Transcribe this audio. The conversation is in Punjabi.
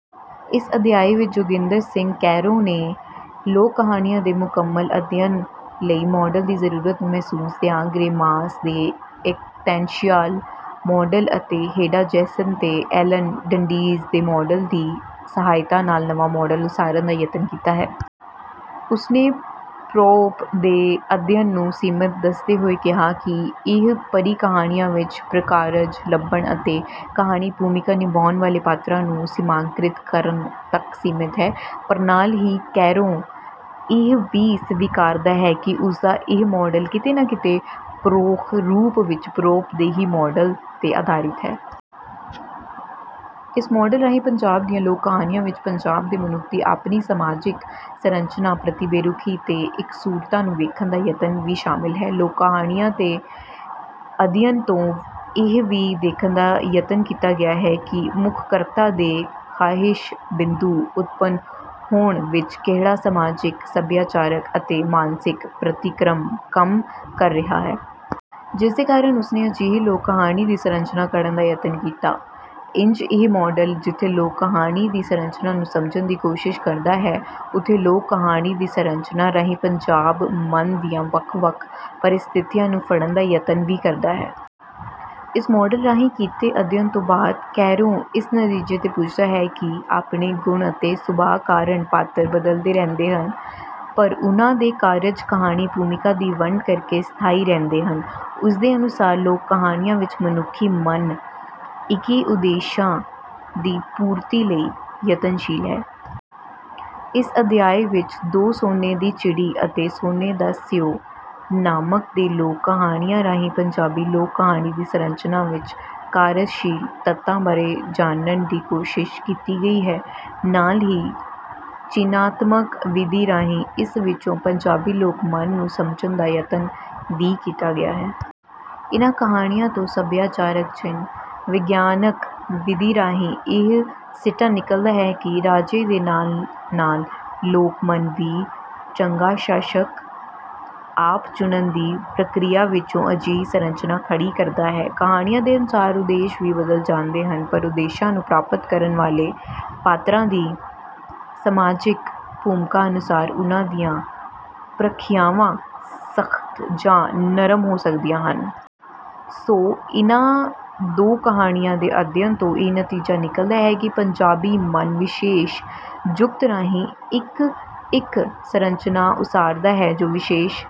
ਇਸ ਅਧਿਆਇ ਵਿੱਚ ਜੋਗਿੰਦਰ ਸਿੰਘ ਕੈਰੋਂ ਨੇ ਲੋਕ ਕਹਾਣੀਆਂ ਦੇ ਮੁਕੰਮਲ ਅਧਿਅਨ ਲਈ ਮਾਡਲ ਦੀ ਜਰੂਰਤ ਨੂੰ ਮਹਿਸੂਸਦਿਆਂ ਗ੍ਰੇਮਾਸ ਦੇ ਐਕਤਾਂਸ਼ਿਆਲ ਮਾਡਲ ਅਤੇ ਹੇਡਾ ਜੇਸਨ ਤੇ ਐਲਨ ਡੰਡੀਜ਼ ਦੇ ਮਾਡਲ ਦੀ ਸਹਾਇਤਾ ਨਾਲ ਨਵਾਂ ਮਾਡਲ ਉਸਾਰਨ ਦਾ ਯਤਨ ਕੀਤਾ ਹੈ। ਉਸਨੇ ਪਰੋਪ ਦੇ ਅਧਿਅਨ ਨੂੰ ਸੀਮਤ ਦੱਸਦੇ ਹੋਏ ਕਿਹਾ ਕਿ ਇਹ ਪਰੀ ਕਹਾਣੀਆਂ ਵਿੱਚ ਪ੍ਰਕਾਰਜ ਲੱਭਣ ਅਤੇ ਕਹਾਣੀ ਭੂਮਿਕਾ ਨਿਭਾਉਣ ਵਾਲੇ ਪਾਤਰਾਂ ਨੂੰ ਸੀਮਾਕ੍ਰਿਤ ਕਰਨ ਤਕ ਸੀਮਤ ਹੈ। ਪਰ ਨਾਲ ਹੀ ਕੈਰੋਂ ਇਹ ਵੀ ਸਵੀਕਾਰਦਾ ਹੈ ਕਿ ਉਸਦਾ ਇਹ ਮਾਡਲ ਕਿਤੇ ਨਾ ਕਿਤੇ ਪਰੋਖ ਰੂਪ ਵਿੱਚ ਪਰੋਪ ਦੇ ਹੀ ਮਾਡਲ ਤੇ ਅਧਾਰਿਤ ਹੈ। ਇਸ ਮਾਡਲ ਰਾਹੀਂ ਪੰਜਾਬ ਦੀਆਂ ਲੋਕ ਕਹਾਣੀਆਂ ਵਿੱਚ ਪੰਜਾਬ ਦੇ ਮਨੁੱਖ ਦੀ ਆਪਣੀ ਸਮਾਜਿਕ ਸਰੰਚਨਾ ਪ੍ਰਤੀ ਬੇਰੁਖੀ ਤੇ ਇਕਸੁਰਤਾ ਨੂੰ ਵੇਖਣ ਦਾ ਯਤਨ ਵੀ ਸ਼ਾਮਿਲ ਹੈ। ਲੋਕ ਕਹਾਣੀਆਂ ਦੇ ਅਧਿਅਨ ਤੋਂ ਇਹ ਵੀ ਦੇਖਣ ਦਾ ਯਤਨ ਕੀਤਾ ਗਿਆ ਹੈ ਕਿ ਮੁਖ ਕਰਤਾ ਦੇ ਖਾਹਿਸ਼ ਬਿੰਦੂ ਉਤਪੰਨ ਹੋਣ ਵਿੱਚ ਕਿਹੜਾ ਸਮਾਜਿਕ ਸਭਿਆਚਾਰਕ ਅਤੇ ਮਾਨਸਿਕ ਪ੍ਰਤੀਕਰਮ ਕੰਮ ਕਰ ਰਿਹਾ ਹੈ। ਜਿਸਦੇ ਕਾਰਨ ਉਸਨੇ ਅਜਿਹੀ ਲੋਕ ਕਹਾਣੀ ਦੀ ਸਰੰਚਨਾ ਘੜਨ ਦਾ ਯਤਨ ਕੀਤਾ। ਇੰਝ ਇਹ ਮਾਡਲ ਜਿੱਥੇ ਲੋਕ ਕਹਾਣੀ ਦੀ ਸਰੰਚਨਾ ਨੂੰ ਸਮਝਣ ਦੀ ਕੋਸ਼ਿਸ਼ ਕਰਦਾ ਹੈ ਉੱਥੇ ਲੋਕ ਕਹਾਣੀ ਦੀ ਸਰੰਚਨਾ ਰਾਹੀਂ ਪੰਜਾਬੀ ਮਨ ਦੀਆਂ ਵੱਖ ਵੱਖ ਪਰਿਸਥਿਤੀਆਂ ਨੂੰ ਫੜਨ ਦਾ ਯਤਨ ਵੀ ਕਰਦਾ ਹੈ। ਇਸ ਮਾਡਲ ਰਾਹੀਂ ਕੀਤੇ ਅਧਿਅਨ ਤੋਂ ਬਾਅਦ ਕੈਰੋਂ ਇਸ ਨਤੀਜੇ ਤੇ ਪੁੱਜਦਾ ਹੈ ਕਿ ਆਪਣੇ ਗੁਣ ਅਤੇ ਸੁਭਾ ਕਾਰਨ ਪਾਤਰ ਬਦਲਦੇ ਰਹਿੰਦੇ ਹਨ ਪਰ ਉਹਨਾਂ ਦੇ ਕਾਰਜ ਕਹਾਣੀ ਭੂਮਿਕਾ ਦੀ ਵੰਡ ਕਰਕੇ ਸਥਾਈ ਰਹਿੰਦੇ ਹਨ ਉਸਦੇ ਅਨੁਸਾਰ ਲੋਕ ਕਹਾਣੀਆਂ ਵਿੱਚ ਮਨੁਖੀ ਮਨ ਇੱਕੀ ਉਦੇਸ਼ਾਂ ਦੀ ਪੂਰਤੀ ਲਈ ਯਤਨਸ਼ੀਲ ਹੈ। ਇਸ ਅਧਿਆਇ ਵਿੱਚ ਦੋ ਸੋਨੇ ਦੀ ਚਿੜੀ ਅਤੇ ਸੋਨੇ ਦਾ ਸਿਓ ਨਾਮਕ ਦੋ ਲੋਕ ਕਹਾਣੀਆਂ ਰਾਹੀਂ ਪੰਜਾਬੀ ਲੋਕ ਕਹਾਣੀ ਦੀ ਸਰੰਚਨਾ ਵਿੱਚ ਕਾਰਜਸ਼ੀਲ ਤੱਤਾਂ ਬਾਰੇ ਜਾਣਨ ਦੀ ਕੋਸ਼ਿਸ਼ ਕੀਤੀ ਗਈ ਹੈ। ਨਾਲ ਹੀ ਚਿਨ੍ਹਾਤਮਕ ਵਿਧੀ ਰਾਹੀਂ ਇਸ ਵਿੱਚੋਂ ਪੰਜਾਬੀ ਲੋਕ ਮਨ ਨੂੰ ਸਮਝਣ ਦਾ ਯਤਨ ਵੀ ਕੀਤਾ ਗਿਆ ਹੈ। ਇਨ੍ਹਾਂ ਕਹਾਣੀਆਂ ਤੋਂ ਸਭਿਆਚਾਰਕ ਚਿਨ੍ਹ ਵਿਗਿਆਨਕ ਵਿਧੀ ਰਾਹੀਂ ਇਹ ਸਿੱਟਾ ਨਿਕਲਦਾ ਹੈ ਕਿ ਰਾਜੇ ਦੇ ਨਾਲ ਨਾਲ ਲੋਕ ਮਨ ਵੀ ਚੰਗਾ ਸ਼ਾਸਕ ਆਪ ਚੁਣਨ ਦੀ ਪ੍ਰਕਿਰਿਆ ਵਿੱਚੋਂ ਅਜਿਹੀ ਸਰੰਚਨਾ ਖੜੀ ਕਰਦਾ ਹੈ। ਕਹਾਣੀਆਂ ਦੇ ਅਨੁਸਾਰ ਉਦੇਸ਼ ਵੀ ਬਦਲ ਜਾਂਦੇ ਹਨ ਪਰ ਉਦੇਸ਼ਾਂ ਨੂੰ ਪ੍ਰਾਪਤ ਕਰਨ ਵਾਲੇ ਪਾਤਰਾਂ ਦੀ ਸਮਾਜਿਕ ਭੂਮਿਕਾ ਅਨੁਸਾਰ ਉਨ੍ਹਾਂ ਦੀਆਂ ਪ੍ਰੀਖਿਆਵਾਂ ਸਖਤ ਜਾਂ ਨਰਮ ਹੋ ਸਕਦੀਆਂ ਹਨ। ਸੋ ਇਨ੍ਹਾਂ ਦੋ ਕਹਾਣੀਆਂ ਦੇ ਅਧਿਅਨ ਤੋਂ ਇਹ ਨਤੀਜਾ ਨਿਕਲਦਾ ਹੈ ਕਿ ਪੰਜਾਬੀ ਮਨ ਵਿਸ਼ੇਸ਼ ਜੁਗਤ ਰਾਹੀਂ ਇੱਕ ਇੱਕ ਸਰੰਚਨਾ ਉਸਾਰਦਾ ਹੈ ਜੋ ਵਿਸ਼ੇਸ਼